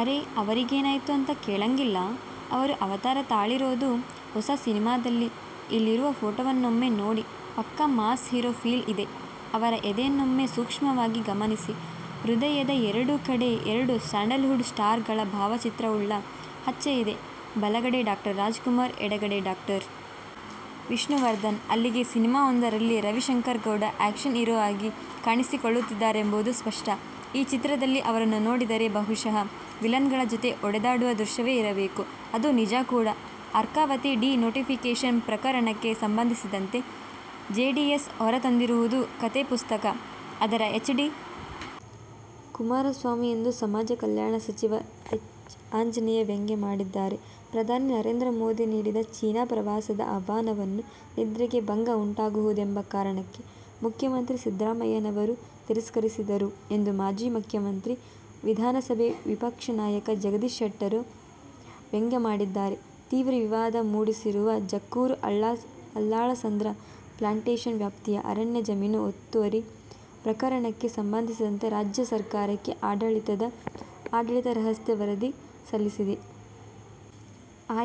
ಅರೇ, ಅವರಿಗೇನಾಯ್ತು ಅಂತ ಕೇಳಂಗಿಲ್ಲ. ಅವರು ಅವತಾರ ತಾಳಿರೋದು ಹೊಸ ಸಿನಿಮಾದಲ್ಲಿ. ಇಲ್ಲಿರುವ ಫೋಟೋವನ್ನೊಮ್ಮೆ ನೋಡಿ. ಪಕ್ಕಾ ಮಾಸ್ ಹೀರೋ ಫೀಲ್ ಇದೆ. ಅವರ ಎದೆಯನ್ನೊಮ್ಮೆ ಸೂಕ್ಷ್ಮವಾಗಿ ಗಮನಿಸಿ, ಹೃದಯದ ಎರಡೂ ಕಡೆ ಎರಡು ಸ್ಯಾಂಡಲ್ವುಡ್ ಸ್ಟಾರ್ಗಳ ಭಾವಚಿತ್ರವುಳ್ಳ ಹಚ್ಚೆ ಇದೆ. ಬಲಗಡೆ ಡಾ. ರಾಜ್ಕುಮಾರ್, ಎಡಗಡೆ ಡಾ. ವಿಷ್ಣುವರ್ಧನ್. ಅಲ್ಲಿಗೆ ಸಿನಿಮಾವೊಂದರಲ್ಲಿ ರವಿಶಂಕರ್ಗೌಡ ಆ್ಯಕ್ಷನ್ ಹೀರೋ ಆಗಿ ಕಾಣಿಸಿಕೊಳ್ಳುತ್ತಿದ್ದಾರೆಂಬುದು ಸ್ಪಷ್ಟ. ಈ ಚಿತ್ರದಲ್ಲಿ ಅವರನ್ನು ನೋಡಿದರೆ, ಬಹುಶಃ ವಿಲನ್ಗಳ ಜತೆ ಹೊಡೆದಾಡುವ ದೃಶ್ಯವೇ ಇರಬೇಕು. ಅದು ನಿಜ ಕೂಡ. ಅರ್ಕಾವತಿ ಡಿ-ನೋಟಿಫಿಕೇಷನ್ ಪ್ರಕರಣಕ್ಕೆ ಸಂಬಂಧಿಸಿದಂತೆ ಜೆಡಿಎಸ್ ಹೊರತಂದಿರುವುದು ಕಥೆ ಪುಸ್ತಕ. ಅದರ ಎಚ್. ಡಿ. ಕುಮಾರಸ್ವಾಮಿ ಎಂದು ಸಮಾಜ ಕಲ್ಯಾಣ ಸಚಿವ ಎಚ್. ಆಂಜನೇಯ ವ್ಯಂಗ್ಯವಾಡಿದ್ದಾರೆ. ಪ್ರಧಾನಿ ನರೇಂದ್ರ ಮೋದಿ ನೀಡಿದ ಚೀನಾ ಪ್ರವಾಸದ ಆಹ್ವಾನವನ್ನು ನಿದ್ರೆಗೆ ಭಂಗ ಉಂಟಾಗುವುದೆಂಬ ಕಾರಣಕ್ಕೆ ಮುಖ್ಯಮಂತ್ರಿ ಸಿದ್ದರಾಮಯ್ಯನವರು ತಿರಸ್ಕರಿಸಿದರು ಎಂದು ಮಾಜಿ ಮುಖ್ಯಮಂತ್ರಿ, ವಿಧಾನಸಭೆ ವಿಪಕ್ಷ ನಾಯಕ ಜಗದೀಶ ಶೆಟ್ಟರ್ ವ್ಯಂಗ್ಯವಾಡಿದ್ದಾರೆ. ತೀವ್ರ ವಿವಾದ ಮೂಡಿಸಿರುವ ಜಕ್ಕೂರು-ಅಲ್ಲಾಳಸಂದ್ರ ಪ್ಲಾಂಟೇಷನ್ ವ್ಯಾಪ್ತಿಯ ಅರಣ್ಯ ಜಮೀನು ಒತ್ತುವರಿ ಪ್ರಕರಣಕ್ಕೆ ಸಂಬಂಧಿಸಿದಂತೆ ರಾಜ್ಯ ಸರ್ಕಾರಕ್ಕೆ ಜಿಲ್ಲಾಡಳಿತ ರಹಸ್ಯ ವರದಿ ಸಲ್ಲಿಸಿದೆ.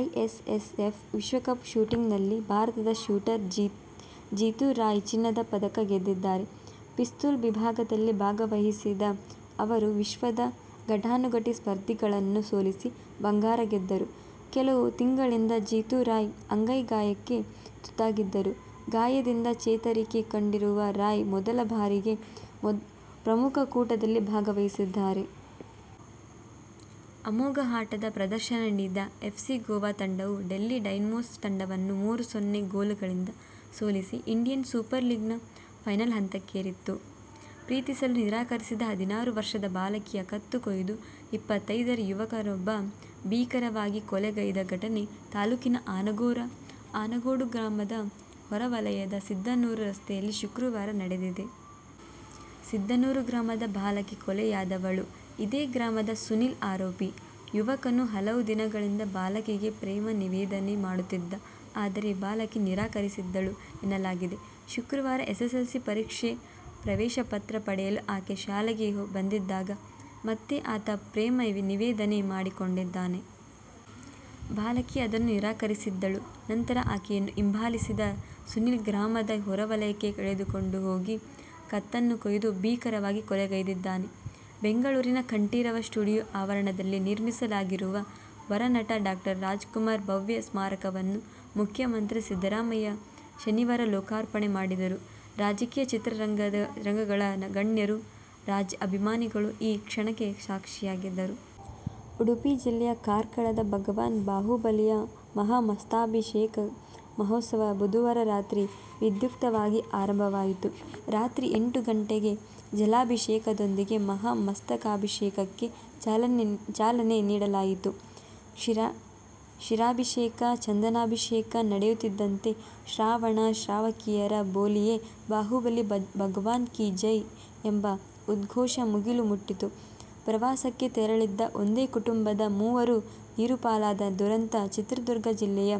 ಐಎಸ್ಎಸ್ಎಫ್ ವಿಶ್ವಕಪ್ ಶೂಟಿಂಗ್ನಲ್ಲಿ ಭಾರತದ ಶೂಟರ್ ಜಿತು ರಾಯ್ ಚಿನ್ನದ ಪದಕ ಗೆದ್ದಿದ್ದಾರೆ. ಪಿಸ್ತೂಲ್ ವಿಭಾಗದಲ್ಲಿ ಭಾಗವಹಿಸಿದ ಅವರು ವಿಶ್ವದ ಘಟಾನುಘಟಿ ಸ್ಪರ್ಧಿಗಳನ್ನು ಸೋಲಿಸಿ ಬಂಗಾರ ಗೆದ್ದರು. ಕೆಲವು ತಿಂಗಳಿಂದ ಜಿತು ರಾಯ್ ಅಂಗೈ ಗಾಯಕ್ಕೆ ತುತ್ತಾಗಿದ್ದರು. ಗಾಯದಿಂದ ಚೇತರಿಕೆ ಕಂಡಿರುವ ರಾಯ್ ಮೊದಲ ಬಾರಿಗೆ ಪ್ರಮುಖ ಕೂಟದಲ್ಲಿ ಭಾಗವಹಿಸಿದ್ದಾರೆ. ಅಮೋಘ ಆಟದ ಪ್ರದರ್ಶನ ನೀಡಿದ ಎಫ್ಸಿ ಗೋವಾ ತಂಡವು ಡೆಲ್ಲಿ ಡೈನಮೋಸ್ ತಂಡವನ್ನು ಮೂರು-ಸೊನ್ನೆ ಗೋಲುಗಳಿಂದ ಸೋಲಿಸಿ ಇಂಡಿಯನ್ ಸೂಪರ್ ಲೀಗ್ ನ ಫೈನಲ್ ಹಂತಕ್ಕೇರಿತು. ಪ್ರೀತಿಸಲು ನಿರಾಕರಿಸಿದ ಹದಿನಾರು ವರ್ಷದ ಬಾಲಕಿಯ ಕತ್ತು ಕೊಯ್ದು ಇಪ್ಪತ್ತೈದರ ಯುವಕನೊಬ್ಬ ಭೀಕರವಾಗಿ ಕೊಲೆಗೈದ ಘಟನೆ ತಾಲೂಕಿನ ಆನಗೋಡು ಗ್ರಾಮದ ಹೊರವಲಯದ ಸಿದ್ಧನೂರು ರಸ್ತೆಯಲ್ಲಿ ಶುಕ್ರವಾರ ನಡೆದಿದೆ. ಸಿದ್ಧನೂರು ಗ್ರಾಮದ ಬಾಲಕಿ ಕೊಲೆಯಾದವಳು. ಇದೇ ಗ್ರಾಮದ ಸುನೀಲ್ ಆರೋಪಿ. ಯುವಕನು ಹಲವು ದಿನಗಳಿಂದ ಬಾಲಕಿಗೆ ಪ್ರೇಮ ನಿವೇದನೆ ಮಾಡುತ್ತಿದ್ದ. ಆದರೆ ಬಾಲಕಿ ನಿರಾಕರಿಸಿದ್ದಳು ಎನ್ನಲಾಗಿದೆ. ಶುಕ್ರವಾರ ಎಸ್ಸೆಸ್ಸೆಲ್ಸಿ ಪರೀಕ್ಷೆಯ ಪ್ರವೇಶ ಪತ್ರ ಪಡೆಯಲು ಆಕೆ ಶಾಲೆಗೆ ಬಂದಿದ್ದಾಗ ಮತ್ತೆ ಆತ ಪ್ರೇಮ ನಿವೇದನೆ ಮಾಡಿಕೊಂಡಿದ್ದಾನೆ. ಬಾಲಕಿ ಅದನ್ನು ನಿರಾಕರಿಸಿದ್ದಳು. ನಂತರ ಆಕೆಯನ್ನು ಹಿಂಬಾಲಿಸಿದ ಸುನೀಲ್ ಗ್ರಾಮದ ಹೊರವಲಯಕ್ಕೆ ಎಳೆದುಕೊಂಡು ಹೋಗಿ ಕತ್ತನ್ನು ಕೊಯ್ದು ಭೀಕರವಾಗಿ ಕೊಲೆಗೈದಿದ್ದಾನೆ. ಬೆಂಗಳೂರಿನ ಕಂಠೀರವ ಸ್ಟುಡಿಯೋ ಆವರಣದಲ್ಲಿ ನಿರ್ಮಿಸಲಾಗಿರುವ ವರನಟ ಡಾ ರಾಜ್ ಕುಮಾರ್ ಭವ್ಯ ಸ್ಮಾರಕವನ್ನು ಮುಖ್ಯಮಂತ್ರಿ ಸಿದ್ದರಾಮಯ್ಯ ಶನಿವಾರ ಲೋಕಾರ್ಪಣೆ ಮಾಡಿದರು. ರಾಜಕೀಯ, ಚಿತ್ರರಂಗಗಳ ಗಣ್ಯರು, ರಾಜ್ ಅಭಿಮಾನಿಗಳು ಈ ಕ್ಷಣಕ್ಕೆ ಸಾಕ್ಷಿಯಾದರು. ಉಡುಪಿ ಜಿಲ್ಲೆಯ ಕಾರ್ಕಳದ ಭಗವಾನ್ ಬಾಹುಬಲಿಯ ಮಹಾಮಸ್ತಕಾಭಿಷೇಕ ಮಹೋತ್ಸವ ಬುಧವಾರ ರಾತ್ರಿ ವಿಧ್ಯುಕ್ತವಾಗಿ ಆರಂಭವಾಯಿತು. ರಾತ್ರಿ ಎಂಟು ಗಂಟೆಗೆ ಜಲಾಭಿಷೇಕದೊಂದಿಗೆ ಮಹಾಮಸ್ತಕಾಭಿಷೇಕಕ್ಕೆ ಚಾಲನೆ ನೀಡಲಾಯಿತು. ಕ್ಷೀರಾಭಿಷೇಕ, ಚಂದನಾಭಿಷೇಕ ನಡೆಯುತ್ತಿದ್ದಂತೆ ಶ್ರಾವಕ, ಶ್ರಾವಕಿಯರ ಬೋಲಿಯೆ ಬಾಹುಬಲಿ ಭಗವಾನ್ ಕಿ ಜೈ ಎಂಬ ಉದ್ಘೋಷ ಮುಗಿಲು ಮುಟ್ಟಿತ್ತು. ಪ್ರವಾಸಕ್ಕೆ ತೆರಳಿದ್ದ ಒಂದೇ ಕುಟುಂಬದ ಮೂವರು ನೀರುಪಾಲಾದ ದುರಂತ ಚಿತ್ರದುರ್ಗ ಜಿಲ್ಲೆಯ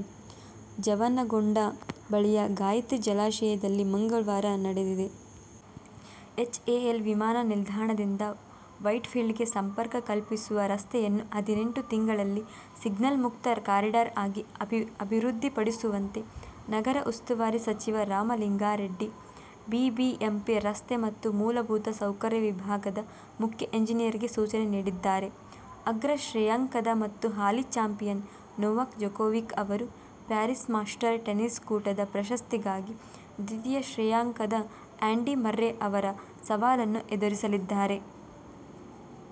ಜವನಗೊಂಡ ಬಳಿಯ ಗಾಯತ್ರಿ ಜಲಾಶಯದಲ್ಲಿ ಮಂಗಳವಾರ ನಡೆದಿದೆ. ಎಚ್ಎಎಲ್ ವಿಮಾನನಿಲ್ದಾಣದಿಂದ ವೈಟ್ಫೀಲ್ಡ್ಗೆ ಸಂಪರ್ಕ ಕಲ್ಪಿಸುವ ರಸ್ತೆಯನ್ನು ಹದಿನೆಂಟು ತಿಂಗಳಲ್ಲಿ ಸಿಗ್ನಲ್ ಮುಕ್ತ ಕಾರಿಡಾರ್ ಆಗಿ ಅಭಿವೃದ್ಧಿಪಡಿಸುವಂತೆ ನಗರ ಉಸ್ತುವಾರಿ ಸಚಿವ ರಾಮಲಿಂಗಾರೆಡ್ಡಿ ಬಿಬಿಎಂಪಿ ರಸ್ತೆ ಮತ್ತು ಮೂಲಭೂತ ಸೌಕರ್ಯ ವಿಭಾಗದ ಮುಖ್ಯ ಎಂಜಿನಿಯರ್ಗೆ ಸೂಚನೆ ನೀಡಿದ್ದಾರೆ. ಅಗ್ರ ಶ್ರೇಯಾಂಕದ ಮತ್ತು ಹಾಲಿ ಚಾಂಪಿಯನ್ ನೊವಾಕ್ ಜೊಕೋವಿಕ್ ಅವರು ಪ್ಯಾರಿಸ್ ಮಾಸ್ಟರ್ ಟೆನಿಸ್ ಕೂಟದ ಪ್ರಶಸ್ತಿಗಾಗಿ ದ್ವಿತೀಯ ಶ್ರೇಯಾಂಕದ ಆ್ಯಂಡಿ ಮರ್ರೆ ಅವರ ಸವಾಲನ್ನು ಎದುರಿಸಲಿದ್ದಾರೆ.